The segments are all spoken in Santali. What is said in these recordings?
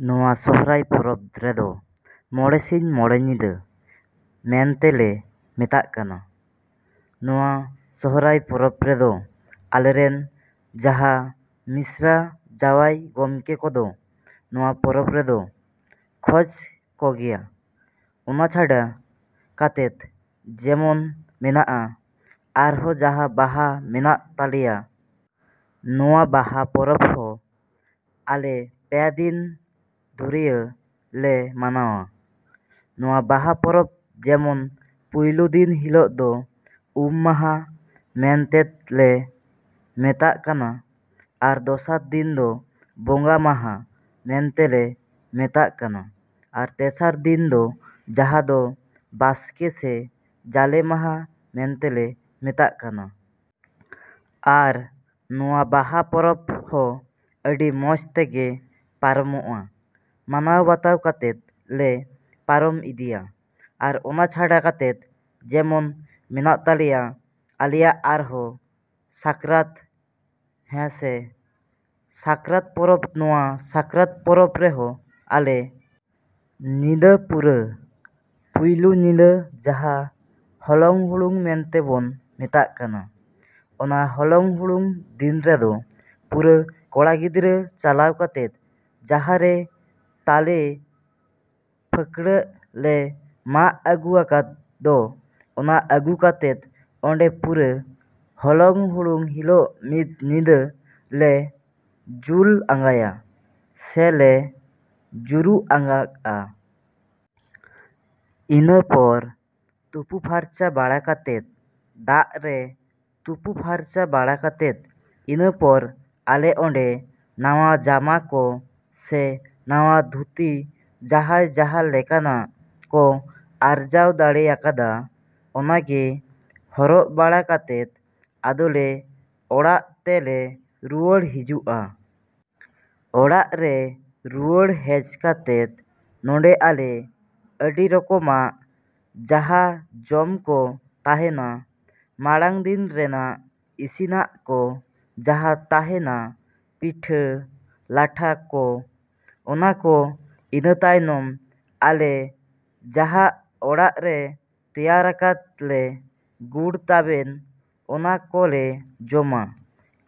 ᱱᱚᱣᱟ ᱥᱚᱦᱨᱟᱭ ᱯᱚᱨᱚᱵᱽ ᱨᱮᱫᱚ ᱢᱚᱬᱮ ᱥᱤᱧ ᱢᱚᱬᱮ ᱧᱤᱫᱟᱹ ᱢᱮᱱᱛᱮ ᱞᱮ ᱢᱮᱛᱟᱜ ᱠᱟᱱᱟ᱾ ᱱᱚᱣᱟ ᱥᱚᱦᱨᱟᱭ ᱯᱚᱨᱚᱵᱽ ᱨᱮᱫᱚ ᱟᱞᱮ ᱨᱮᱱ ᱡᱟᱦᱟᱸ ᱢᱤᱥᱨᱟᱹ ᱡᱟᱶᱟᱭ ᱜᱚᱢᱠᱮ ᱠᱚᱫᱚ ᱱᱚᱣᱟ ᱯᱚᱨᱚᱵᱽ ᱨᱮᱫᱚ ᱠᱷᱚᱡᱽ ᱠᱚᱜᱮᱭᱟ᱾ ᱚᱱᱟ ᱪᱷᱟᱰᱟ ᱠᱟᱛᱮᱫ ᱡᱮᱢᱚᱱ ᱢᱮᱱᱟᱜ-ᱟ ᱟᱨᱦᱚᱸ ᱡᱟᱦᱟᱸ ᱵᱟᱦᱟ ᱢᱮᱱᱟᱜ ᱛᱟᱞᱮᱭᱟ᱾ ᱱᱚᱣᱟ ᱵᱟᱦᱟ ᱯᱚᱨᱚᱵᱽ ᱦᱚᱸ ᱟᱞᱮ ᱯᱮ ᱫᱤᱱ ᱫᱷᱩᱨᱭᱟᱹ ᱞᱮ ᱢᱟᱱᱟᱣᱟ᱾ ᱱᱚᱣᱟ ᱵᱟᱦᱟ ᱯᱚᱨᱚᱵᱽ ᱡᱮᱢᱚᱱ ᱯᱩᱭᱞᱩ ᱫᱤᱱ ᱦᱤᱞᱚᱜ ᱫᱚ ᱩᱢ ᱢᱟᱦᱟ ᱢᱮᱱᱛᱮᱫ ᱞᱮ ᱢᱮᱛᱟᱜ ᱠᱟᱱᱟ᱾ ᱟᱨ ᱫᱚᱥᱟᱨ ᱫᱤᱱ ᱫᱚ ᱵᱚᱸᱜᱟ ᱢᱟᱦᱟ ᱢᱮᱱᱛᱮ ᱞᱮ ᱢᱮᱛᱟᱜ ᱠᱟᱱᱟ ᱟᱨ ᱛᱮᱥᱟᱨ ᱫᱤᱱ ᱫᱚ ᱡᱟᱦᱟᱸ ᱫᱚ ᱵᱟᱥᱠᱮ ᱥᱮ ᱡᱟᱞᱮ ᱢᱟᱦᱟ ᱢᱮᱱᱛᱮ ᱞᱮ ᱢᱮᱛᱟᱜ ᱠᱟᱱᱟ᱾ ᱟᱨ ᱱᱚᱣᱟ ᱵᱟᱦᱟ ᱯᱚᱨᱚᱵᱽ ᱦᱚᱸ ᱟᱹᱰᱤ ᱢᱚᱡᱽ ᱛᱮᱜᱮ ᱯᱟᱨᱚᱢᱚᱜ-ᱟ, ᱢᱟᱱᱟᱣ ᱵᱟᱛᱟᱣ ᱠᱟᱛᱮᱫ ᱞᱮ ᱯᱟᱨᱚᱢ ᱤᱫᱤᱭᱟ᱾ ᱟᱨ ᱚᱱᱟ ᱪᱷᱟᱰᱟ ᱠᱟᱛᱮᱫ ᱡᱮᱢᱚᱱ ᱢᱮᱱᱟᱜ ᱛᱟᱞᱮᱭᱟ ᱟᱞᱮᱭᱟᱜ ᱟᱨᱦᱚᱸ ᱥᱟᱠᱨᱟᱛ ᱦᱮᱸᱥᱮ᱾ ᱥᱟᱠᱨᱟᱛ ᱯᱚᱨᱚᱵᱽ ᱱᱚᱣᱟ ᱥᱟᱠᱨᱟᱛ ᱯᱚᱨᱚᱵᱽ ᱨᱮᱦᱚᱸ ᱟᱞᱮ ᱧᱤᱫᱟᱹ ᱯᱩᱨᱟᱹ ᱯᱩᱭᱞᱩ ᱧᱤᱫᱟᱹ ᱡᱟᱦᱟᱸ ᱦᱚᱞᱚᱝ ᱦᱩᱲᱩᱝ ᱢᱮᱱᱛᱮ ᱵᱚᱱ ᱢᱮᱛᱟᱜ ᱠᱟᱱᱟ ᱚᱱᱟ ᱦᱚᱞᱚᱝ ᱦᱩᱲᱩᱝ ᱫᱤᱱ ᱨᱮᱫᱚ ᱯᱩᱨᱟᱹ ᱠᱚᱲᱟ ᱜᱤᱫᱽᱨᱟᱹ ᱪᱟᱞᱟᱣ ᱠᱟᱛᱮᱫ ᱡᱟᱦᱟᱸ ᱨᱮ ᱛᱟᱞᱮ ᱯᱷᱟᱹᱠᱲᱟᱹᱜ ᱞᱮ ᱢᱟᱜ ᱟᱹᱜᱩ ᱟᱠᱟᱫ ᱫᱚ ᱚᱱᱟ ᱟᱹᱜᱩ ᱠᱟᱛᱮᱫ ᱚᱸᱰᱮ ᱯᱩᱨᱟᱹ ᱦᱚᱞᱚᱝ ᱦᱩᱲᱩᱝ ᱦᱤᱞᱚᱜ ᱢᱤᱫ ᱧᱤᱫᱟᱹ ᱞᱮ ᱡᱩᱞ ᱟᱸᱜᱟᱭᱟ ᱥᱮ ᱞᱮ ᱡᱩᱨᱩᱜ ᱟᱸᱜᱟᱜ-ᱟ᱾ ᱤᱱᱟᱹ ᱯᱚᱨ ᱛᱩᱯᱩ ᱯᱷᱟᱨᱪᱟ ᱵᱟᱲᱟ ᱠᱟᱛᱮᱫ ᱫᱟᱜ ᱨᱮ ᱛᱩᱯᱩ ᱯᱷᱟᱨᱪᱟ ᱵᱟᱲᱟ ᱠᱟᱛᱮᱫ ᱤᱱᱟᱹ ᱯᱚᱨ ᱟᱞᱮ ᱚᱸᱰᱮ ᱱᱟᱣᱟ ᱡᱟᱢᱟ ᱠᱚ ᱥᱮ ᱱᱟᱣᱟ ᱫᱷᱩᱛᱤ ᱡᱟᱦᱟᱸᱭ ᱡᱟᱦᱟᱸ ᱞᱮᱠᱟᱱᱟᱜ ᱠᱚ ᱟᱨᱡᱟᱣ ᱫᱟᱲᱮ ᱟᱠᱟᱫᱟ ᱚᱱᱟ ᱜᱮ ᱦᱚᱨᱚᱜ ᱵᱟᱲᱟ ᱠᱟᱛᱮᱫ ᱟᱫᱚ ᱞᱮ ᱚᱲᱟᱜ ᱛᱮ ᱞᱮ ᱨᱩᱣᱟᱹᱲ ᱦᱤᱡᱩᱜ-ᱟ᱾ ᱚᱲᱟᱜ ᱞᱮ ᱨᱩᱣᱟᱹᱲ ᱦᱮᱡ ᱠᱟᱛᱮᱫ ᱱᱚᱰᱮ ᱟᱞᱮ ᱟᱹᱰᱤ ᱨᱚᱠᱚᱢᱟᱜ ᱡᱟᱦᱟᱸ ᱡᱚᱢ ᱠᱚ ᱛᱟᱦᱮᱸᱱᱟ ᱢᱟᱲᱟᱝ ᱫᱤᱱ ᱨᱮᱱᱟᱜ ᱤᱥᱤᱱᱟᱜ ᱠᱚ ᱡᱟᱦᱟᱸ ᱛᱟᱦᱮᱸᱱᱟ ᱯᱤᱴᱷᱟᱹ ᱞᱟᱴᱷᱟ ᱠᱚ ᱚᱱᱟ ᱠᱚ ᱤᱱᱟᱹ ᱛᱟᱭᱱᱚᱢ ᱟᱞᱮ ᱡᱟᱦᱟᱸ ᱚᱲᱟᱜ ᱨᱮ ᱛᱮᱭᱟᱨ ᱟᱠᱟᱫ ᱞᱮ ᱜᱩᱲ ᱛᱟᱵᱮᱱ ᱚᱱᱟ ᱠᱚ ᱞᱮ ᱡᱚᱢᱟ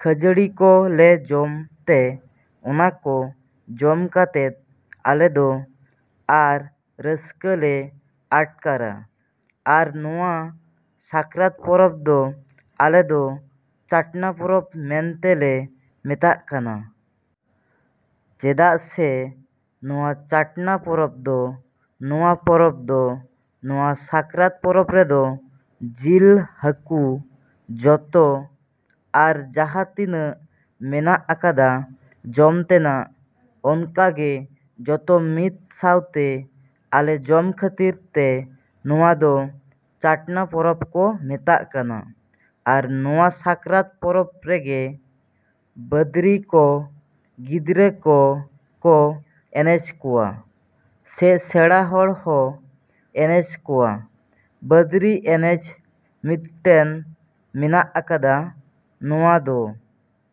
ᱠᱷᱟᱹᱡᱟᱹᱲᱤ ᱠᱚ ᱞᱮ ᱡᱚᱢ ᱛᱮ ᱚᱱᱟ ᱠᱚ ᱡᱚᱢ ᱠᱟᱛᱮᱫ ᱟᱞᱮ ᱫᱚ ᱟᱨ ᱨᱟᱹᱥᱠᱟᱹ ᱞᱮ ᱟᱴᱠᱟᱨᱟ ᱟᱨ ᱱᱚᱣᱟ ᱥᱟᱠᱨᱟᱛ ᱯᱚᱨᱚᱵᱽ ᱫᱚ ᱟᱞᱮ ᱫᱚ ᱪᱟᱴᱱᱟ ᱯᱚᱨᱚᱵᱽ ᱢᱮᱱᱛᱮ ᱞᱮ ᱢᱮᱛᱟᱜ ᱠᱟᱱᱟ᱾ ᱪᱮᱫᱟᱜ ᱥᱮ ᱱᱚᱣᱟ ᱪᱟᱴᱱᱟ ᱯᱚᱨᱚᱵᱽ ᱫᱚ ᱱᱚᱣᱟ ᱯᱚᱨᱚᱵᱽ ᱫᱚ ᱱᱚᱣᱟ ᱥᱟᱠᱨᱟᱛ ᱯᱚᱨᱚᱵᱽ ᱨᱮᱫᱚ ᱡᱤᱞ ᱦᱟᱹᱠᱩ ᱡᱚᱛᱚ ᱟᱨ ᱡᱟᱦᱟᱸ ᱛᱤᱱᱟᱹᱜ ᱢᱮᱱᱟᱜ ᱟᱠᱟᱫᱟ ᱡᱚᱢ ᱛᱮᱱᱟᱜ ᱚᱱᱠᱟ ᱜᱮ ᱡᱚᱛᱚ ᱢᱤᱫ ᱥᱟᱶᱛᱮ ᱟᱞᱮ ᱡᱚᱢ ᱠᱷᱟᱹᱛᱤᱨ ᱛᱮ ᱱᱚᱣᱟ ᱫᱚ ᱪᱟᱴᱱᱟ ᱯᱚᱨᱚᱵᱽ ᱠᱚ ᱢᱮᱛᱟᱜ ᱠᱟᱱᱟ ᱟᱨ ᱱᱚᱣᱟ ᱥᱟᱠᱨᱟᱛ ᱯᱚᱨᱚᱵᱽ ᱨᱮᱜᱮ ᱵᱟᱸᱫᱽᱨᱤ ᱠᱚ ᱜᱤᱫᱽᱨᱟᱹ ᱠᱚ ᱠᱚ ᱮᱱᱮᱡ ᱠᱚᱣᱟ ᱥᱮ ᱥᱮᱬᱟ ᱦᱚᱲ ᱦᱚᱸ ᱮᱱᱮᱡ ᱠᱚᱣᱟ ᱵᱟᱸᱫᱽᱨᱤ ᱮᱱᱮᱡ ᱢᱤᱫᱴᱮᱱ ᱢᱮᱱᱟᱜ ᱟᱠᱟᱫᱟ ᱱᱚᱣᱟ ᱫᱚ᱾